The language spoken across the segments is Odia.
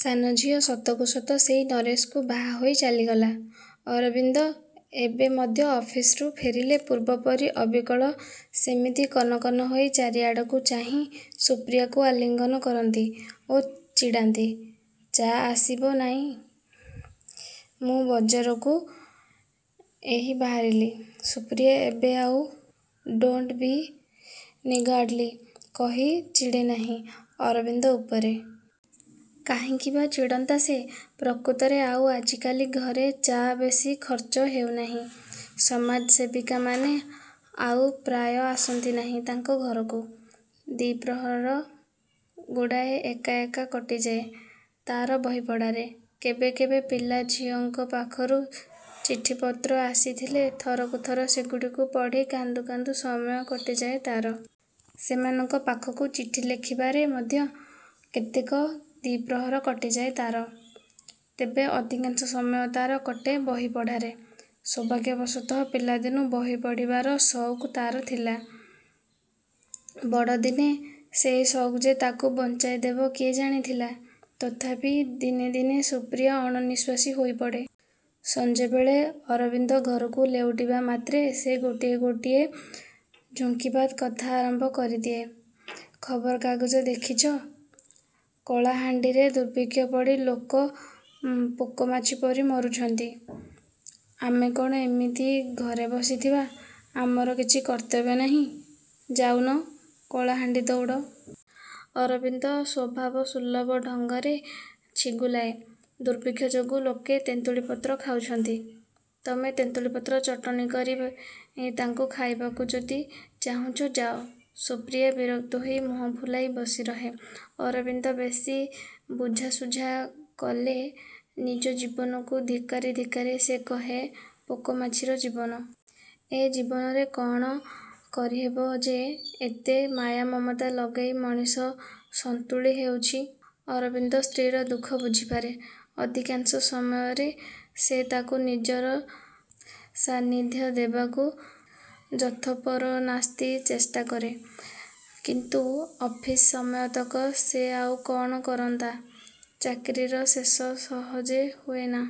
ସାନଝିଅ ସତକୁ ସତ ସେଇ ନରେଶକୁ ବାହା ହୋଇ ଚାଲିଗଲା। ଅରବିନ୍ଦ ଏବେ ମଧ୍ୟ ଅଫିସରୁ ଫେରିଲେ ପୂର୍ବପରି ଅବିକଳ ସେମିତି କନକନ ହୋଇ ଚାରିଆଡ଼କୁ ଚାହିଁ ସୁପ୍ରିୟାକୁ ଆଲିଙ୍ଗନ କରନ୍ତି ଓ ଚିଡ଼ାନ୍ତି, ଚା' ଆସିବ ନାହିଁ? ମୁଁ ବଜାରକୁ ଏହି ବାହାରିଲି। ସୁପ୍ରିୟା ଏବେ ଆଉ ଡୋଣ୍ଟ ବି ନିଗାର୍ଡଲି କହି ଚିଡ଼େନାହିଁ ଅରବିନ୍ଦ ଉପରେ। କାହିଁକି ବା ଚିଡ଼ନ୍ତା ସେ। ପ୍ରକୃତରେ ଆଉ ଆଜିକାଲି ଘରେ ଚା' ବେଶୀ ଖର୍ଚ୍ଚ ହେଉନାହିଁ। ସମାଜସେବିକାମାନେ ଆଉ ପ୍ରାୟ ଆସନ୍ତି ନାହିଁ ତାଙ୍କ ଘରକୁ। ଦ୍ୱିପ୍ରହରଗୁଡ଼ିକ ଏକା ଏକା କଟିଯାଏ ତାର ବହି ପଢ଼ାରେ। କେବେ କେବେ ପିଲାଝିଲାଙ୍କ ପାଖରୁ ଚିଠିପତ୍ର ଆସିଥିଲେ ଥରକୁ ଥର ସେଗୁଡ଼ିକୁ ପଢ଼ି, କାନ୍ଦୁ କାନ୍ଦୁ ସମୟ କଟିଯାଏ ତାର। ସେମାନଙ୍କ ପାଖକୁ ଚିଠି ଲେଖିବାରେ ମଧ୍ୟ କେତେକ ଦ୍ୱିପ୍ରହର କଟିଯାଏ ତାର, ତେବେ ଅଧିକାଂଶ ସମୟ ତାର କଟେ ବହି ପଢ଼ାରେ। ସୌଭାଗ୍ୟବଶତଃ ପିଲାଦିନୁ ବହି ପଢ଼ିବାର ସଉକ ତାର ଥିଲା। ବଡ଼ଦିନେ ସେଇ ସଉକ ଯେ ତାକୁ ବଞ୍ଚେଇଦେବ କିଏ ଜାଣିଥିଲା! ତଥାପି ଦିନେ ଦିନେ ସୁପ୍ରିୟା ଅଣନିଶ୍ୱାସୀ ହୋଇପଡ଼େ। ସଞ୍ଜବେଳେ ଅରବିନ୍ଦ ଘରକୁ ଲେଉଟିବା ମାତ୍ରେ ସେ ଗୋଟିଏ ଗୋଟିଏ ଝୁଙ୍କିବାଦ କଥା ଆରମ୍ଭ କରିଦିଏ। ଖବରକାଗଜ ଦେଖିଛ? କଳାହାଣ୍ଡିରେ ଦୁର୍ଭିକ୍ଷ ପଡ଼ି ଲୋକ ପୋକମାଛି ପରି ମରୁଛନ୍ତି। ଆମେ କ'ଣ ଏମିତି ଘରେ ବସିଥିବା? ଆମର କିଛି କର୍ତ୍ତବ୍ୟ ନାହିଁ? ଯାଉନ! କଳାହାଣ୍ଡି ଦୌଡ଼! ଅରବିନ୍ଦ ସ୍ୱଭାବସୁଲଭ ଢଙ୍ଗରେ ଛିଗୁଲାଏ, ଦୁର୍ଭିକ୍ଷ ଯୋଗୁଁ ଲୋକେ ତେନ୍ତୁଳି ପତ୍ର ଖାଉଛନ୍ତି। ତମେ ତେନ୍ତୁଳି ପତ୍ର ଚଟଣି କରି ତାଙ୍କୁ ଖାଇବାକୁ ଯଦି ଚାହୁଁଛ ଯାଅ। ସୁପ୍ରିୟା ବିରକ୍ତ ହୋଇ ମୁହଁ ଫୁଲେଇ ବସିରହେ। ଅରବିନ୍ଦ ବେଶୀ ବୁଝାସୁଝା କଲେ ନିଜ ଜୀବନକୁ ଧିକ୍କାରି ଧିକ୍କାରି ସେ କହେ, ପୋକମାଛିର ଜୀବନ। ଏ ଜୀବନରେ କଅଣ କରିହେବ ଯେ ଏତେ ମାୟାମମତା ଲଗେଇ ମଣିଷ ସନ୍ତୁଳି ହେଉଛି। ଅରବିନ୍ଦ ସ୍ତ୍ରୀର ଦୁଃଖ ବୁଝିପାରେ। ଅଧିକାଂଶ ସମୟରେ ସେ ତାକୁ ନିଜର ସାନ୍ନିଧ୍ୟ ଦେବାକୁ ଯଥୋପରୋନାସ୍ତି ଚେଷ୍ଟା କରେ। କିନ୍ତୁ ଅଫିସ ସମୟତକ ସେ ଆଉ କ'ଣ କରନ୍ତା! ଚାକିରିର ଶେଷ ସହଜେ ହୁଏନା।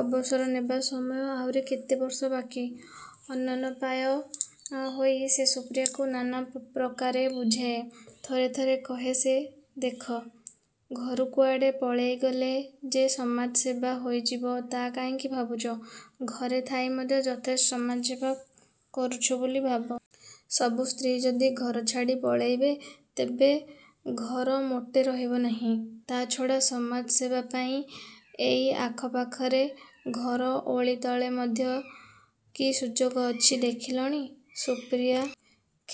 ଅବସର ନେବା ସମୟ ଆହୁରି କେତେ ବର୍ଷ ବାକି। ଅନନ୍ୟୋପାୟ ହୋଇ ସେ ସୁପ୍ରିୟାକୁ ନାନା ପ୍ରକାରେ ବୁଝାଏ। ଥରେ ଥରେ କହେ ସେ, ଦେଖ! ଘରୁ କୁଆଡ଼େ ପଳେଇଗଲେ ଯେ ସମାଜସେବା ହୋଇଯିବ ତା' କାହିଁକି ଭାବୁଛ? ଘରେ ଥାଇ ମଧ୍ୟ ଯଥେଷ୍ଟ ସମାଜସେବା କରୁଛ ବୋଲି ଭାବ। ସବୁ ସ୍ତ୍ରୀ ଯଦି ଘର ଛାଡ଼ି ପଳେଇବେ ତେବେ ଘର ମୋଟେ ରହିବ ନାହିଁ। ତା' ଛଡ଼ା ସମାଜସେବା ପାଇଁ ଏଇ ଆଖପାଖରେ ଘର ଓଳି ତଳେ ମଧ୍ୟ କି ସୁଯୋଗ ଅଛି ଦେଖିଲଣି? ସୁପ୍ରିୟା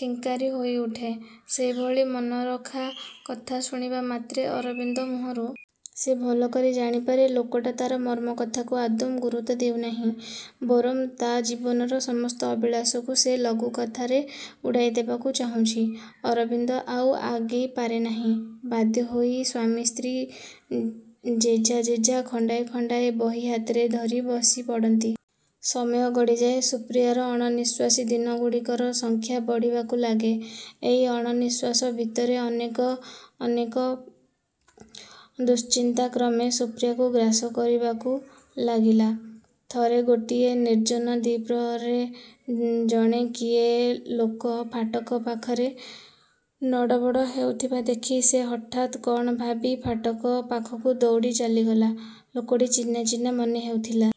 ଖିଙ୍କାରି ହୋଇଉଠେ ସେଭଳି ମନରଖା କଥା ଶୁଣିବା ମାତ୍ରେ ଅରବିନ୍ଦ ମୁହଁରୁ। ସେ ଭଲକରି ଜାଣିପାରେ ଲୋକଟା ତାର ମର୍ମ କଥାକୁ ଆଦୌ ଗୁରୁତ୍ୱ ଦେଉନାହିଁ। ବରଂ ତା' ଜୀବନର ସମସ୍ତ ଅଭିଳାଷକୁ ସେ ଲଘୁ କଥାରେ ଉଡ଼େଇଦେବାକୁ ଚାହୁଁଛି। ଅରବିନ୍ଦ ଆଉ ଆଗେଇ ପାରେ ନାହିଁ। ବାଧ୍ୟ ହୋଇ ସ୍ୱାମୀ ସ୍ତ୍ରୀ ଯେଝା ଯେଝା ଖଣ୍ଡିଏ ଖଣ୍ଡିଏ ବହି ହାତରେ ଧରି ବସିପଡ଼ନ୍ତି। ସମୟ ଗଡ଼ିଯାଏ। ସୁପ୍ରିୟାର ଅଣନିଶ୍ୱାସୀ ଦିନଗୁଡ଼ିକର ସଂଖ୍ୟା ବଢ଼ିବାକୁ ଲାଗେ। ଏଇ ଅଣନିଶ୍ୱାସ ଭିତରେ ଅନେକ ଅନେକ ଦୁଶ୍ଚିନ୍ତା କ୍ରମେ ସୁପ୍ରିୟାକୁ ଗ୍ରାସ କରିବାକୁ ଲାଗିଲା। ଥରେ ଗୋଟିଏ ନିର୍ଜନ ଦ୍ୱିପ୍ରହରରେ ଜଣେ କିଏ ଲୋକ ଫାଟକ ପାଖରେ ନଡ଼ବଡ଼ ହେଉଥିବା ଦେଖି ସେ ହଠାତ୍ କ'ଣ ଭାବି ଫାଟକ ପାଖକୁ ଦୌଡ଼ି ଚାଲିଗଲା। ଲୋକଟି ଚିହ୍ନା ଚିହ୍ନା ମନେହେଉଥିଲା।